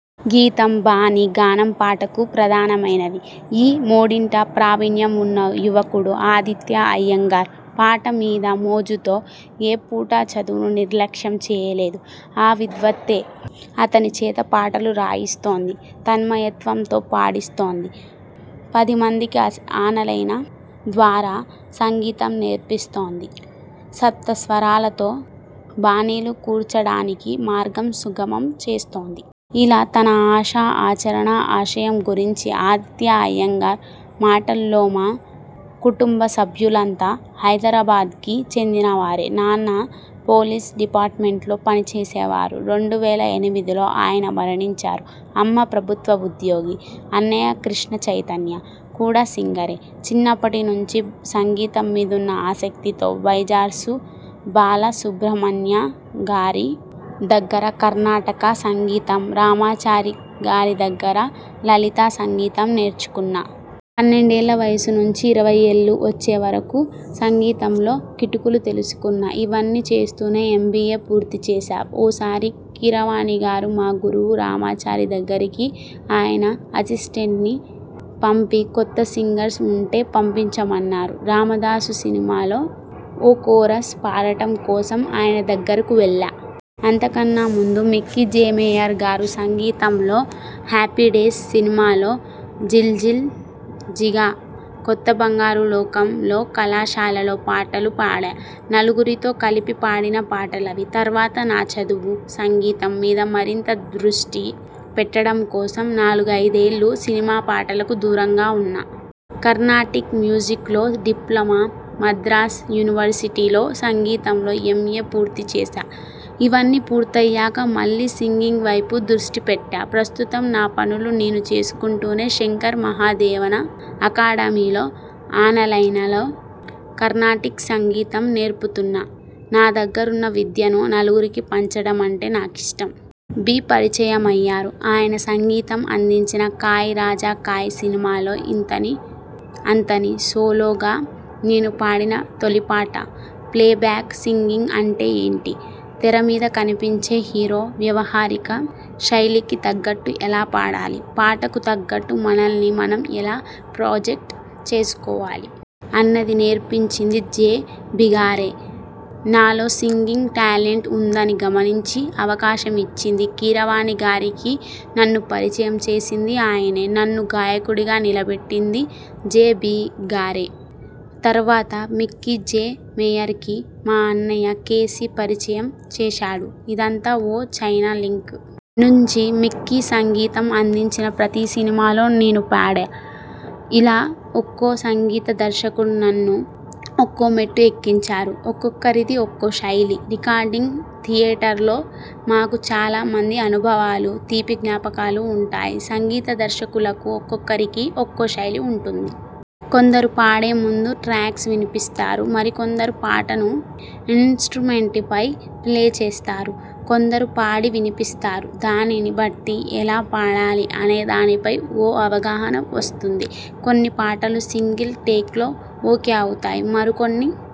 గీతం, బాణీ, గానంపాటకు ప్రధానమైనవి. ఈ మూడింట ప్రావీణ్యం ఉన్న యువకుడు ఆదిత్యా అయ్యంగార్. పాట మీద మోజుతో ఏ పూటా చదువును నిర్లక్ష్యం చెయ్యలేదు. ఆ విద్వత్తే.. అతని చేత పాటలు రాయిస్తోంది. తన్మయత్వంతో పాడిస్తోంది. పదిమందికి అస్ ఆనలైన ద్వారా సంగీతం నేర్పిస్తోంది. సప్తస్వరాలతో బాణీలు కూర్చడానికి మార్గం సుగమం చేస్తోంది. ఇలా తన ఆశ, ఆచరణ, ఆశయం గురించి ఆదిత్యా అయ్యంగార్ మాటల్లోమా కుటుంబ సభ్యులంతా హైదరాబాద్కి చెందినవారే. నాన్న పోలీస్ డిపార్ట్మెంట్లో పని చేసేవారు. రెండు వేల ఎనిమిదిలో ఆయన మరణించారు. అమ్మ ప్రభుత్వ ఉద్యోగి. అన్నయ్య కృష్ణ చైతన్య. కూడా సింగరే. చిన్నప్పటి నుంచి సంగీతం మీదున్న ఆసక్తితో వైజార్సు బాలసుబ్రహ్మణ్య గారి దగ్గర కర్ణాటక సంగీతం, రామాచారిగారి దగ్గర లలిత సంగీతం నేర్చుకున్నా. పన్నెండేళ్ల వయసు నుంచి ఇరవై ఏళ్లు వచ్చేవరకు సంగీతంలో కిటుకులు తెలుసుకున్నా. ఇవన్నీ చేస్తూనే ఎం. బి. ఏ పూర్తి చేశా. ఓసారి కీరవాణిగారు మా గురువు రామాచారి దగ్గరికి ఆయన అసిస్టెంట్ని పంపి కొత్త సింగర్స్ ఉంటే పంపించమన్నారు. రామదాసు సినిమాలో ఓ కోరస్ పాడటం కోసం ఆయన దగ్గరకు వెళ్లా. అంతకన్నా ముందు మిక్కీ. జె. మేయర్గారు సంగీతంలో హ్యాపీడేస్ సినిమాలో జిల్జిల్ జిగా.., కొత్తబంగారు లోకం లో కళాశాలలో.. పాటలు పాడా. నలుగురితో కలిపి పాడిన పాటలవి. తర్వాత నా చదువు, సంగీతం మీద మరింత దృష్టి పెట్టడం కోసం నాలుగైదేళ్లు సినిమా పాటలకు దూరంగా ఉన్నా. కర్ణాటిక్ మ్యూజిక్లో డిప్లొమా, మద్రాస్ యూనివర్శిటీలో సంగీతంలో ఎం. ఎ పూర్తి చేశా. ఇవన్నీ పూర్తయ్యాక మళ్లీ సింగింగ్ వైపు దృష్టిపెట్టా. ప్రస్తుతం నా పనులు నేను చేసుకుంటూనే శంకర్ మహాదేవన అకాడమీలో ఆనలైనలో కర్ణాటిక్ సంగీతం నేర్పుతున్నా. నా దగ్గరున్న విద్యను నలుగురికి పంచడమంటే నాకిష్టం. బి పరిచయమయ్యారు. ఆయన సంగీతం అందించిన కాయ్ రాజా కాయ్ సినిమాలో ఇంతని అంతని.. సోలోగా నేను పాడిన తొలి పాట. ప్లేబ్యాక్ సింగింగ్ అంటే ఏంటి? తెర మీద కనిపించే హీరో వ్యావహారిక శైలికి తగ్గట్టు ఎలా పాడాలి? పాటకు తగ్గట్టు మనల్ని మనం ఎలా ప్రొజెక్ట్ చేసుకోవాలి? అన్నది నేర్పించింది జె. బిగారే. నాలో సింగింగ్ టాలెంట్ ఉందని గమనించి అవకాశం ఇచ్చిందీ, కీరవాణికిగారికి నన్ను పరిచయం చేసిందీ ఆయనే. నన్ను గాయకుడిగా నిలబెట్టింది జె. బి. గారే. తర్వాత మిక్కీ. జె. మేయర్కి మా అన్నయ్య కె. సి పరిచయం చేశాడు. ఇదంతా ఓ చైన లింక్. నుంచి మిక్కీ సంగీతం అందించిన ప్రతి సినిమాలో నేను పాడా. ఇలా ఒక్కో సంగీత దర్శకుడు నన్ను ఒక్కో మెట్టు ఎక్కించారు. ఒక్కొక్కరిది ఒక్కో శైలి.. రికార్డింగ్ థియేటర్లో మాకు చాలా మంచి అనుభవాలు, తీపి జ్ఞాపకాలు ఉంటాయి. సంగీత దర్శకులకు ఒక్కొక్కరికి ఒక్కో శైలి ఉంటుంది. కొందరు పాడే ముందు ట్రాక్స్ వినిపిస్తారు. మరికొందరు పాటను ఇన్స్ట్రుమెంట్ పై ప్లే చేస్తారు. కొందరు పాడి వినిపిస్తారు. దానిని బట్టి ఎలా పాడాలి అనేదానిపై ఓ అవగాహన వస్తుంది. కొన్ని పాటలు సింగిల్ టేక్లో ఓకే అవుతాయి. మరికొన్ని